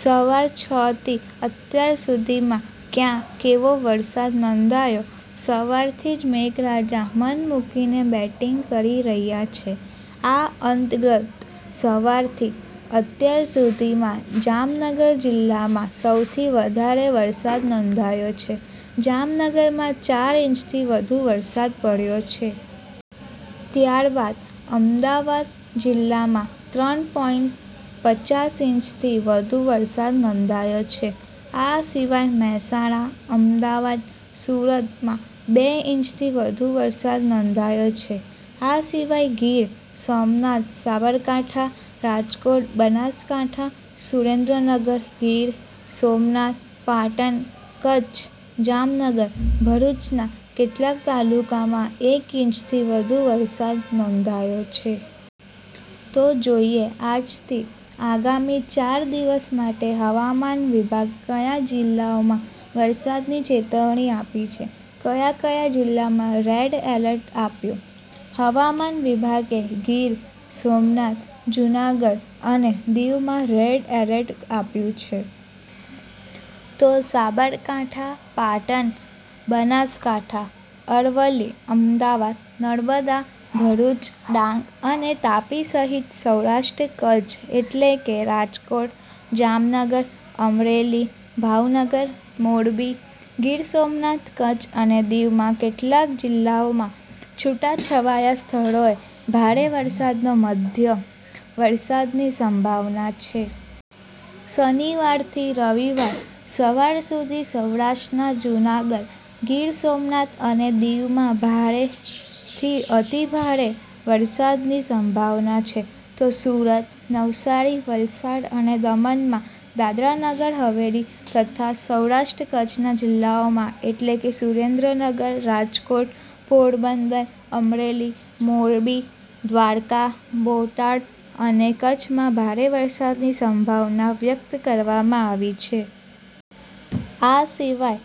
સવાર છ થી અત્યાર સુધીમાં ક્યાં કેવો વરસાદ નોંધાયો? સવારથી જ મેઘરાજા મનમુકીને બેટીંગ કરી રહ્યા છે. આ અંતર્ગત સવારથી અત્યાર સુધીમાં જામનગર જિલ્લામાં સૌથી વધારે વરસાદ નોંધાયો છે. જામનગરમાં ચાર ઈંચથી વધુ વરસાદ પડ્યો છે. ત્યારબાદ અમદાવાદ જિલ્લામાં ત્રણ પોઈંટ પચાસ ઈંચથી વધુ વરસાદ નોંધાયો છે. આ સિવાય મહેસાણા, અમદાવાદ, સુરતમાં બે ઈંચથી વધુ વરસાદ નોંધાયો છે. આ સિવાય ગીર સોમનાથ, સાબરકાંઠા, રાજકોટ, બનાસકાંઠા, સુરેનદ્રનગર, ગીર સોમનાથ, પાટણ, કચ્છ, જામનગર, ભરૂચના કેટલાક તાલુકામાં એક ઈંચથી વધુ વરસાદ નોંધાયો છે. તો જોઈએ આજથી આગામી ચાર દિવસ માટે હવામાન વિભાગે કયા જિલ્લાઓમાં વરસાદની ચેતવણી આપી છે. ક્યા કયા જિલ્લામાં રેડ એલર્ટ આપ્યું? હવામાન વિભાગે ગીર સોમનાથ, જુનાગઢ અને દિવમાં રેડ એલર્ટ આપ્યું છે. તો બનાસકાંઠા, પાટણ, સાબરકાંઠા, અરવલ્લી, અમદાવાદ, નર્મદા, ભરૂચ, ડાંગ અને તાપી સહિત સૌરાષ્ટ્ર- કચ્છ એટલે કે રાજકોટ, જામનગર, અમરેલી, ભાવનગર, મોરબી, ગીર સોમનાથ, કચ્છ અને દીવમાં કેટલાક જિલ્લાઓમાં છૂટાછવાયા સ્થળોએ ભારે વરસાદ તો મધ્યમ વરસાદની સંભાવના છે. શનિવારથી રવિવાર સવાર સુધી સૌરાષ્ટ્રના જુનાગઢ, ગીર સોમનાથ અને દીવમાં ભારેથી અતિભારે વરસાદની સંભાવના છે. તો સુરત, નવસારી, વલસાડ અને દમણમાં, દાદરા નગર હવેલી તથા સૌરાષ્ટ્ર-કચ્છના જિલ્લાઓમાં એટલે કે સુરેન્દ્રનગર, રાજકોટ, પોરબંદર, અમરેલી, મોરબી, દ્વારકા, બોટાદ અને કચ્છમાં ભારે વરસાદની સંભાવના વ્યક્ત કરવામાં આવી છે. આ સિવાય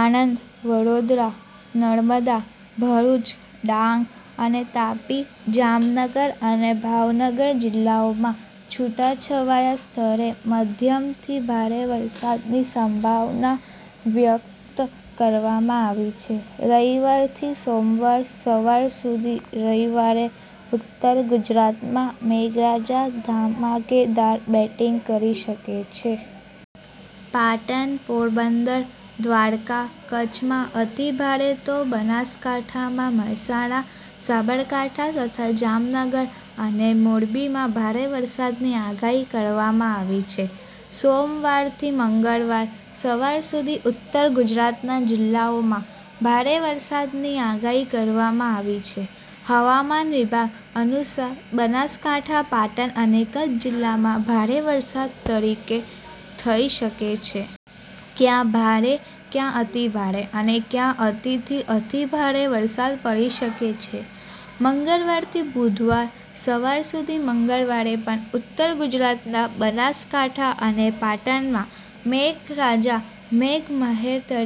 આણંદ, વડોદરા, નર્મદા, ભરૂચ, ડાંગ અને તાપી, જામનગર અને ભાવનગર જિલ્લાઓમાં છૂટાછવાયા સ્થળે મધ્યમથી ભારે વરસાદની સંભાવના વ્યક્ત કરવામાં આવી છે. રવિવારથી સોમવાર સવાર સુધી રવિવારે ઉત્તર ગુજરાતમાં મેઘરાજા ધમાકેદાર બેટીંગ કરી શકે છે. પાટણ, પોરબંદર, દ્વારકા, કચ્છમાં અતિભારે તો બનાસકાંઠા, મહેસાણા, સાબરકાંઠા તથા જામનગર અને મોરબીમાં ભારે વરસાદની આગાહી કરવામાં આવી છે. સોમવારથી મંગળવાર સવાર સુધી ઉત્તર ગુજરાતના જિલ્લાઓમાં ભારે વરસાદની આગાહી કરવામાં આવી છે. હવામાન વિભાગ અનુસાર, બનાસકાંઠા, પાટણ અને કચ્છ જિલ્લામાં ભારે વરસાદ થઈ શકે છે. ક્યાં ભારે, ક્યાં અતિભારે અને ક્યાં અતિથી અતિભારે વરસાદ પડી શકે છે? મંગળવારથી બુધવાર સવાર સુધી મંગળવારે પણ ઉત્તર ગુજરાતના બનાસકાંઠા અને પાટણમાં મેઘરાજા મેઘ મહેર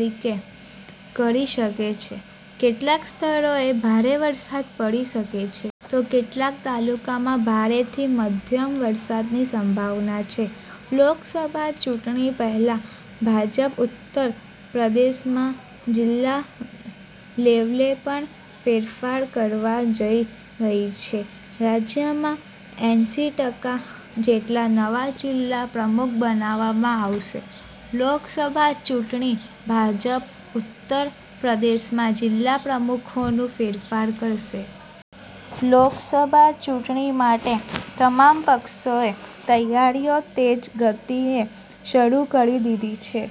કરી શકે છે. કેટલાક સ્થળોએ ભારે વરસાદ પડી શકે છે. તો કેટલાક તાલુકામાં ભારેથી મધ્યમ વરસાદની સંભાવના છે. લોકસભા ચૂંટણી પહેલા ભાજપ ઉત્તર પ્રદેશમાં જિલ્લા લેવલે પણ ફેરફાર કરવા જઈ રહી છે. રાજ્યમાં એંસી ટકા જેટલા નવા જિલ્લા પ્રમુખ બનાવવામાં આવશે. લોકસભા ચૂંટણી – ભાજપ ઉત્તર પ્રદેશમાં જિલ્લા પ્રમુખોમાં ફેરફાર કરશે. લોકસભા ચૂંટણી માટે તમામ પક્ષોએ તૈયારીઓ તેજ ગતિએ શરૂ કરી દીધી છે.